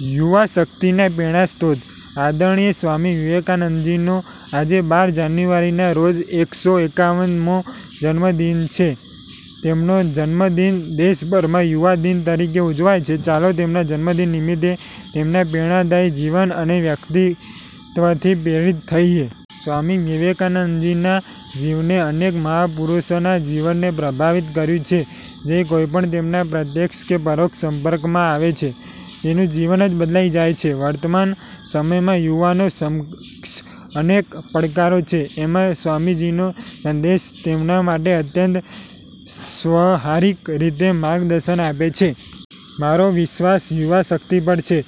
યુવાશક્તિના પ્રેરણાસ્રોત આદરણીય સ્વામી વિવેકાનંદજીનો આજે બાર જાન્યુઆરીના રોજ એક સો એકાવન મો જન્મદિન છે. તેમનો જન્મદિન દેશભરમાં 'યુવાદિન' તરીકે ઉજવાય છે. ચાલો, તેમના જન્મદિન નિમિત્તે તેમના પ્રેરણાદાયી જીવન અને વ્યક્તિત્ત્વથી પ્રેરિત થઈએ. સ્વામી વિવેકાનંદજીના જીવને અનેક મહાપુરુષોના જીવનને પ્રભાવિત કર્યું છે. જે કોઈપણ તેમના પ્રત્યક્ષ કે પરોક્ષ સંપર્કમાં આવે છે તેનું જીવન જ બદલાઈ જાય છે. વર્તમાન સમયમાં યુવાનો સમક્ષ અનેક પડકારો છે, એમાં સ્વામીજીનો સંદેશ તેમના માટે અત્યંત સ્વહારિક રીતે માર્ગદર્શન આપે છે. "મારો વિશ્વાસ યુવાશક્તિ પર છે.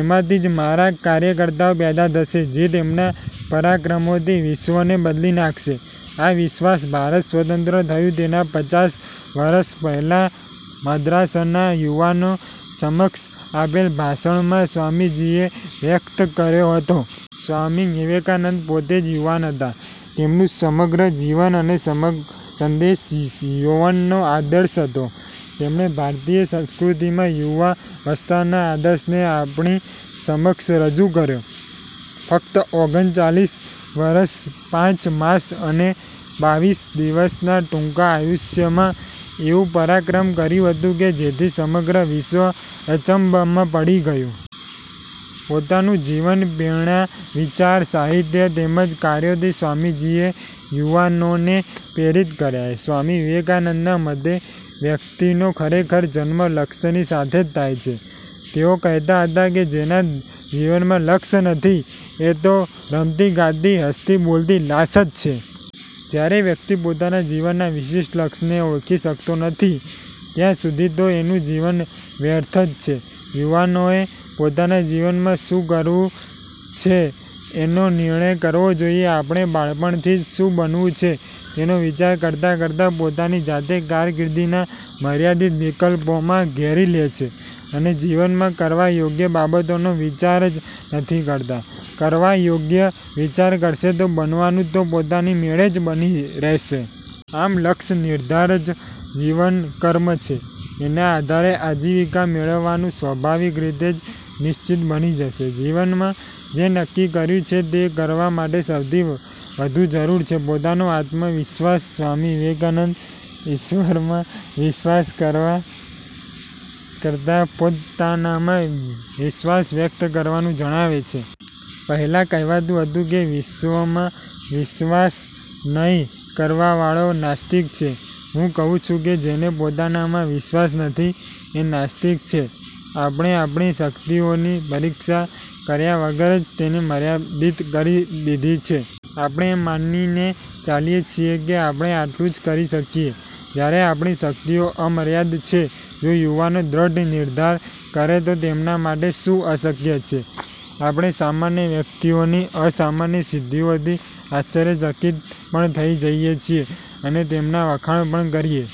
એમાંથી જ મારા કાર્યકર્તાઓ પેદા થશે, જે તેમના પરાક્રમોથી વિશ્વને બદલી નાખશે. આ વિશ્વાસ ભારત સ્વતંત્ર થયું તેનાં પચાસ વર્ષ પહેલાં મદ્રાસના યુવાનો સમક્ષ આપેલ ભાષણમાં સ્વામીજીએ વ્યકત કર્યો હતો. સ્વામી વિવેકાનંદ પોતે જ યુવાન હતા. તેમનું સમગ્ર જીવન અને સંદેશ યૌવનનો આદર્શ હતો. તેમણે ભારતીય સંસ્કૃતિમાં યુવાવસ્થાના આદર્શને આપણી સમક્ષ રજૂ કર્યો. ફકત ઓગન ચાલીસ વર્ષ, પાંચ માસ અને બાવીસ દિવસના ટૂંકા આયુષ્યમાં એવું પરાક્રમ કર્યું હતું કે, જેથી સમગ્ર વિશ્વ અચંબામાં પડી ગયું. પોતાનું જીવન, પ્રેરણા, વિચાર, સાહિત્ય તેમજ કાર્યોથી સ્વામીજીએ યુવાનોને પ્રેરિત કર્યા. સ્વામી વિવેકાનંદના મતે વ્યકિતનો ખરેખર જન્મ લક્ષની સાથે જ થાય છે. તેઓ કહેતા હતા કે, ''જેના જીવનમાં લક્ષ નથી એ તો રમતીગાતી, હસતીબોલતી લાશ જ છે.'' જયારે વ્યકિત પોતાના જીવનના વિશિષ્ટ લક્ષને ઓળખી શકતો નથી ત્યાં સુધી તો એનું જીવન વ્યર્થ જ છે. યુવાનોએ પોતાના જીવનમાં શું કરવું છે એનો નિર્ણય કરવો જોઈએ. આપણે બાળપણથી જ શું બનવું છે તેનો વિચાર કરતાં કરતાં પોતાની જાતે કારકિર્દીના મર્યાદિત વિકલ્પોમાં ઘેરી લે છે અને જીવનમાં કરવા યોગ્ય બાબતોનો વિચાર જ નથી કરતા, કરવા યોગ્ય વિચાર કરશે તો બનવાનું તો પોતાની મેળે જ બનીને રહેશે. આમ, લક્ષ નિર્ધાર જ જીવન કર્મ છે. એના આધારે આજીવિકા મેળવવાનું સ્વાભાવિક રીતે જ નિશ્વિત બની જશે. જીવનમાં જે નક્કી કર્યું છે તે કરવા માટે સૌથી વધુ જરૂર છે પોતાનો આત્મવિશ્વાસ. સ્વામી વિવેકાનંદ ઈશ્વરમાં વિશ્વાસ કરવા કરતાં પોતાનામાં વિશ્વાસ વ્યકત કરવાનું જણાવે છે. "પહેલાં કહેવાતું હતું કે, ઈશ્વરમાં વિશ્વાસ નહિ કરવાવાળો નાસ્તિક છે. હું કહું છું કે, જેને પોતાનામાં વિશ્વાસ નથી એ નાસ્તિક છે. " આપણે આપણી શકિતઓની પરીક્ષા કર્યા વગર જ તેને મર્યાદિત કરી દીધી છે. આપણે એમ માનીને ચાલીએ છીએ કે આપણે આટલુ જ કરી શકીએ, જયારે આપણી શકિતઓ અમર્યાદ છે. જો યુવાનો દ્રઢ નિર્ધાર કરે તો તેમના માટે શું અશકય છે? આપણે સામાન્ય વ્યકિતઓની અસામાન્ય સિદ્ધિઓથી આશ્ચર્યશકિત પણ થઈ જઈએ છીએ અને તેમનાં વખાણ પણ કરીએ